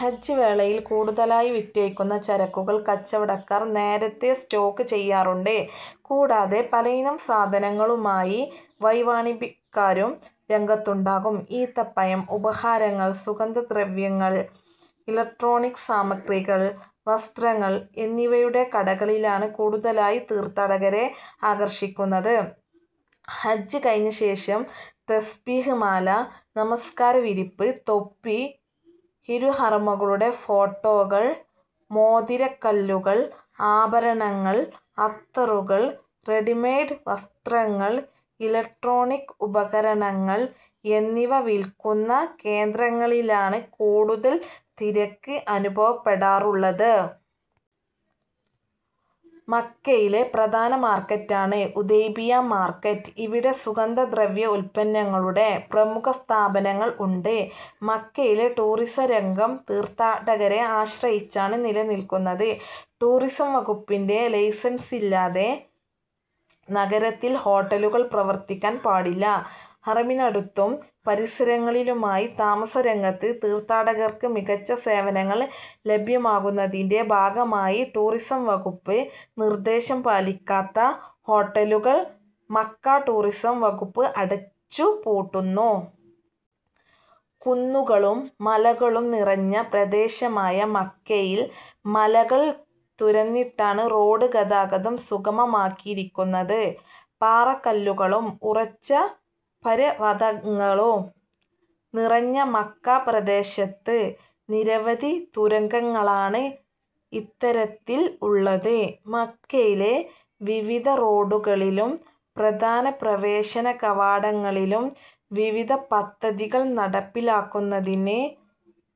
ഹജ്ജ് വേളയിൽ കൂടുതലായി വിറ്റഴിക്കുന്ന ചരക്കുകൾ കച്ചവടക്കാർ നേരത്തെ സ്റ്റോക്ക് ചെയ്യാറുണ്ട്. കൂടാതെ പലയിനം സാധനങ്ങളുമായി വഴിവാണിഭക്കാരും രംഗത്തുണ്ടാകും. ഈത്തപ്പഴം, ഉപഹാരങ്ങൾ, സുഗന്ധദ്രവ്യങ്ങൾ, ഇലക്ട്രോണിക്സ് സാമഗ്രികൾ, വസ്ത്രങ്ങൾ എന്നിവയുടെ കടകളിലാണ് കൂടുതലായി തീർത്ഥാടകരെ ആകർഷിക്കുന്നത്. ഹജ്ജ് കഴിഞ്ഞ ശേഷം. തസ്ബീഹ് മാല, നമസ്കാര വിരിപ്പ്, തൊപ്പി, ഇരുഹറമുകളുടെ ഫോട്ടോകൾ, മോതിര കല്ലുകൾ, ആഭരണങ്ങൾ, അത്തറുകൾ, റെഡിമെയ്ഡ് വസ്ത്രങ്ങൾ, ഇലക്ട്രോണിക് ഉപകരണങ്ങൾ എന്നിവ വിൽക്കുന്ന കേന്ദ്രങ്ങളിലാണ് കൂടുതൽ തിരക്ക് അനുഭവപ്പെടാറുള്ളത്. മക്കയിലെ പ്രധാന മാർക്കറ്റാണ് ഉതൈബിയ്യ മാർക്കറ്റ്. ഇവിടെ സുഗന്ധ ദ്രവ്യ ഉല്പന്നങ്ങളുടെ പ്രമുഖ സ്ഥാപനങ്ങൾ ഉണ്ട്. മക്കയിലെ ടൂറിസം രംഗം തീർഥാടകരെ ആശ്രയിച്ചാണ് നിലനിൽക്കുന്നത്. ടൂറിസം വകുപ്പിന്റെ ലൈസൻസില്ലാതെ നഗരത്തിൽ ഹോട്ടലുകൾ പ്രവർത്തിക്കാൻ പാടില്ല. ഹറമിനടുത്തും പരിസരങ്ങളിലുമായി താമസ രംഗത്ത് തീർഥാടകർക്ക് മികച്ച സേവനങ്ങൾ ലഭ്യമാക്കുന്നതിന്റെ ഭാഗമായി ടൂറിസം വകുപ്പ് നിർദ്ദേശം പാലിക്കാത്ത ഹോട്ടലുകൾ മക്ക ടൂറിസം വകുപ്പ് അടച്ചു പൂട്ടുന്നു. കുന്നുകളും മലകളും നിറഞ്ഞ പ്രദേശമായ മക്കയിൽ മലകൾ തുരന്നിട്ടാണ് റോഡ് ഗതാഗതം സുഗമമാക്കിയിരിക്കുന്നത്. പാറക്കല്ലുകളും ഉറച്ച പര്'വതങ്ങളും നിറഞ്ഞ മക്ക പ്രദേശത്ത് നിരവധി തുരങ്കങ്ങളാണ് ഇത്തരത്തിൽ ഉള്ളത്. മക്കയിലെ വിവിധ റോഡുകളിലും പ്രധാന പ്രവേശന കവാടങ്ങളിലും വിവിധ പദ്ധതികൾ നടപ്പിലാക്കുന്നതിന്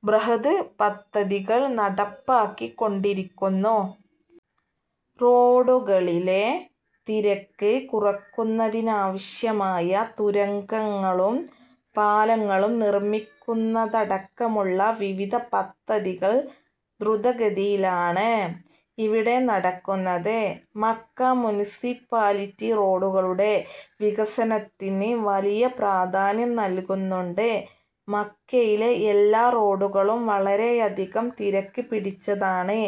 ബൃഹദ് പദ്ധതികൾ നടപ്പാക്കി കൊണ്ടിരിക്കുന്നു. റോഡുകളിലെ തിരക്ക് കുറക്കുന്നതിനാവശ്യമായ തുരങ്കങ്ങളും പാലങ്ങളും നിർമ്മിക്കുന്നതടക്കമുള്ള വിവിധ പദ്ധതികൾ ദ്രുത ഗതിയിലാണ് ഇവിടെ നടക്കുന്നത്. മക്ക മുനിസിപ്പാലിറ്റി റോഡുകളുടെ വികസനത്തിന് വലിയ പ്രധാന്യം നൽകുന്നുണ്ട്. മക്കയിലെ എല്ലാ റോഡുകളും വളരെയധികം തിരക്ക് പിടിച്ചതാണ്.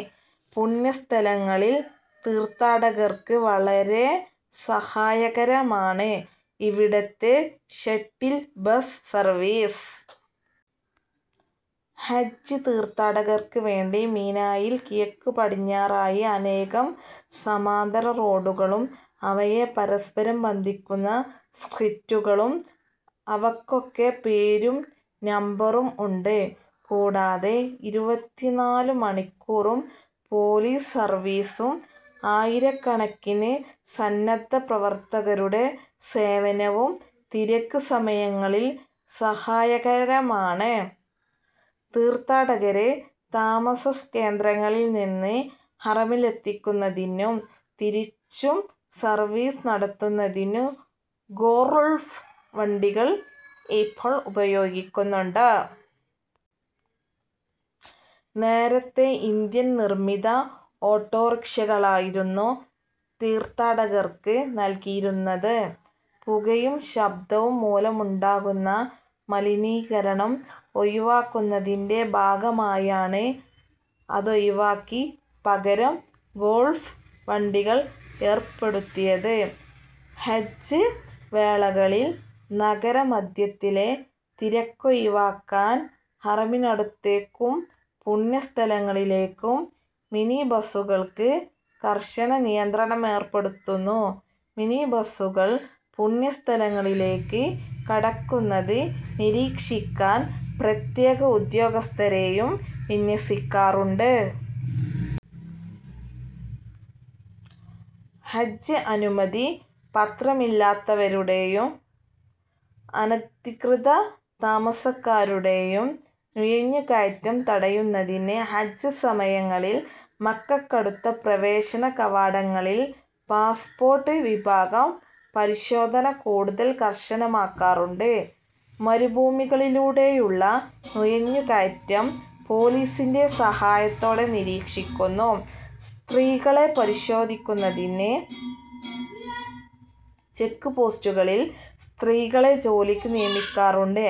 പുണ്യസ്ഥലങ്ങളിൽ തീർത്ഥാടകർക്ക് വളരെ സഹായകരമാണ് ഇവിടുത്തെ ഷട്ടിൽ ബസ് സർവീസ്. ഹജ്ജ് തീർത്ഥാടകർക്ക് വേണ്ടി മിനായിൽ കിഴക്കുപടിഞ്ഞാറായി അനേകം സമാന്തര റോഡുകളും അവയെ പരസ്പരം ബന്ധിക്കുന്ന സ്ട്രീറ്റുകളും അവക്കൊക്കെ പേരും നമ്പറും ഉണ്ട്. കൂടാതെ ഇരുപത്തിനാലു മണിക്കൂറും പൊലീസ് സർവീസും ആയിരക്കണക്കിന് സന്നദ്ധ പ്രവർത്തകരുടെ സേവനവും തിരക്ക് സമയങ്ങളിൽ സഹായകരമാണ്. തീർത്ഥാടകരെ താമസ കേന്ദ്രങ്ങളിൽ നിന്ന് ഹറമിലെത്തിക്കുന്നതിനും തിരിച്ചും സർവീസ് നടത്തുന്നതിനു ഗോൾഫ് വണ്ടികൾ ഇപ്പോൾ ഉപയോഗിക്കുന്നുണ്ട്. നേരത്തെ ഇന്ത്യൻ നിർമ്മിത ഓട്ടോറിക്ഷകളായിരുന്നു തീർത്ഥാടകർക്ക് നൽകിയിരുന്നത്. പുകയും ശബ്ദവും മൂലമുണ്ടാകുന്ന മലിനീകരണം ഒഴിവാക്കുന്നതിന്റെ ഭാഗമായാണ് അതൊഴിവാക്കി പകരം ഗോൾഫ് വണ്ടികൾ ഏർപ്പെടുത്തിയത്. ഹജ്ജ് വേളകളിൽ നഗര മധ്യത്തിലെ തിരക്കൊഴിവാക്കാൻ ഹറമിനടുത്തേക്കും പുണ്യ സ്ഥലങ്ങളിലേക്കും മിനി ബസുകൾക്ക് കർശന നിയന്ത്രണമേർപ്പെടുത്തുന്നു. മിനി ബസുകൾ പുണ്യസ്ഥലങ്ങളിലേക്ക് കടക്കുന്നത് നിരീക്ഷിക്കാൻ പ്രത്യേക ഉദ്യോഗസ്ഥരെയും വിന്യസിക്കാറുണ്ട്. ഹജ്ജ് അനുമതി പത്രമില്ലാത്തവരുടെയും അനധികൃത താമസക്കാരുടെയും നുഴഞ്ഞുകയറ്റം തടയുന്നതിന് ഹജ്ജ് സമയങ്ങളിൽ മക്കക്കടുത്ത പ്രവേശന കവാടങ്ങളിൽ പാസ്പോർട്ട് വിഭാഗം പരിശോധന കൂടുതൽ കർശനമാക്കാറുണ്ട്. മരുഭൂമികളിലൂടെയുള്ള നുഴഞ്ഞുകയറ്റം പൊലീസിന്റെ സഹായത്തോടെ നിരീക്ഷിക്കുന്നു. സ്ത്രീകളെ പരിശോധിക്കുന്നതിന് ചെക്ക്പോസ്റ്റുകളിൽ സ്ത്രീകളെ ജോലിക്ക് നിയമിക്കാറുണ്ട്.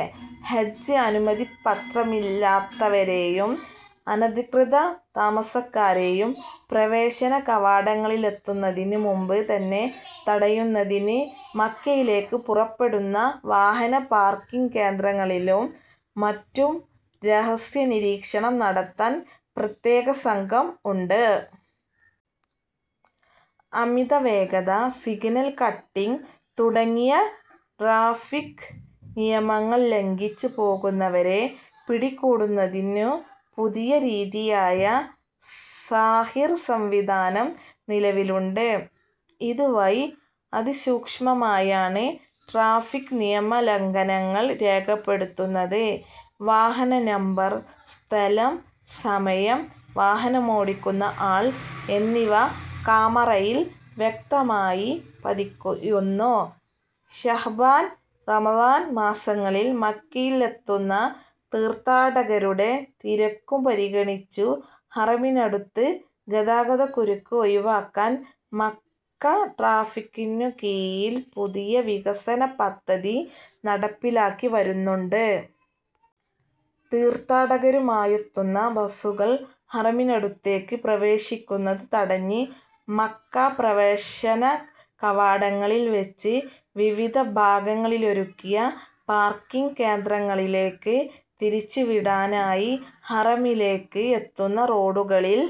ഹജ്ജ് അനുമതിപത്രമില്ലാത്തവരെയും അനധികൃത താമസക്കാരെയും പ്രവേശന കവാടങ്ങളിലെത്തുന്നതിന് മുമ്പ് തന്നെ തടയുന്നതിന് മക്കയിലേക്ക് പുറപ്പെടുന്ന വാഹന പാർക്കിങ് കേന്ദ്രങ്ങളിലും മറ്റും രഹസ്യ നിരീക്ഷണം നടത്താൻ പ്രത്യേക സംഘം ഉണ്ട്. അമിത വേഗത, സിഗ്നൽ കട്ടിങ് തുടങ്ങിയ ട്രാഫിക് നിയമങ്ങൾ ലംഘിച്ച് പോകുന്നവരെ പിടികൂടുന്നതിനു പുതിയ രീതിയായ സാഹിർ സംവിധാനം നിലവിലുണ്ട്. ഇത് വഴി അതിസൂക്ഷ്മമായാണ് ട്രാഫിക് നിയമലംഘനങ്ങൾ രേഖപ്പെടുത്തുന്നത്. വാഹന നമ്പർ, സ്ഥലം, സമയം, വാഹനമോടിക്കുന്ന ആൾ എന്നിവ കാമറയിൽ വ്യക്തമായി പതിയുന്നു. ശഅബാൻ, റമദാൻ മാസങ്ങളിൽ മക്കയിലത്തുന്ന തീർത്ഥാടകരുടെ തിരക്കും പരിഗണിച്ചു ഹറമിനടുത്ത് ഗതാഗതക്കുരുക്ക് ഒഴിവാക്കാൻ മക്ക ട്രാഫിക്കിനു കീഴിൽ പുതിയ വികസന പദ്ധതി നടപ്പിലാക്കിവരുന്നുണ്ട്. തീർത്ഥാടകരുമായെത്തുന്ന ബസുകൾ ഹറമിനടുത്തേക്ക് പ്രവേശിക്കുന്നത് തടഞ്ഞ് മക്ക പ്രവേശന കവാടങ്ങളിൽ വെച്ച് വിവിധ ഭാഗങ്ങളിലൊരുക്കിയ പാർക്കിങ് കേന്ദ്രങ്ങളിലേക്ക് തിരിച്ചുവിടാനായി ഹറമിലേക്ക് എത്തുന്ന റോഡുകളിൽ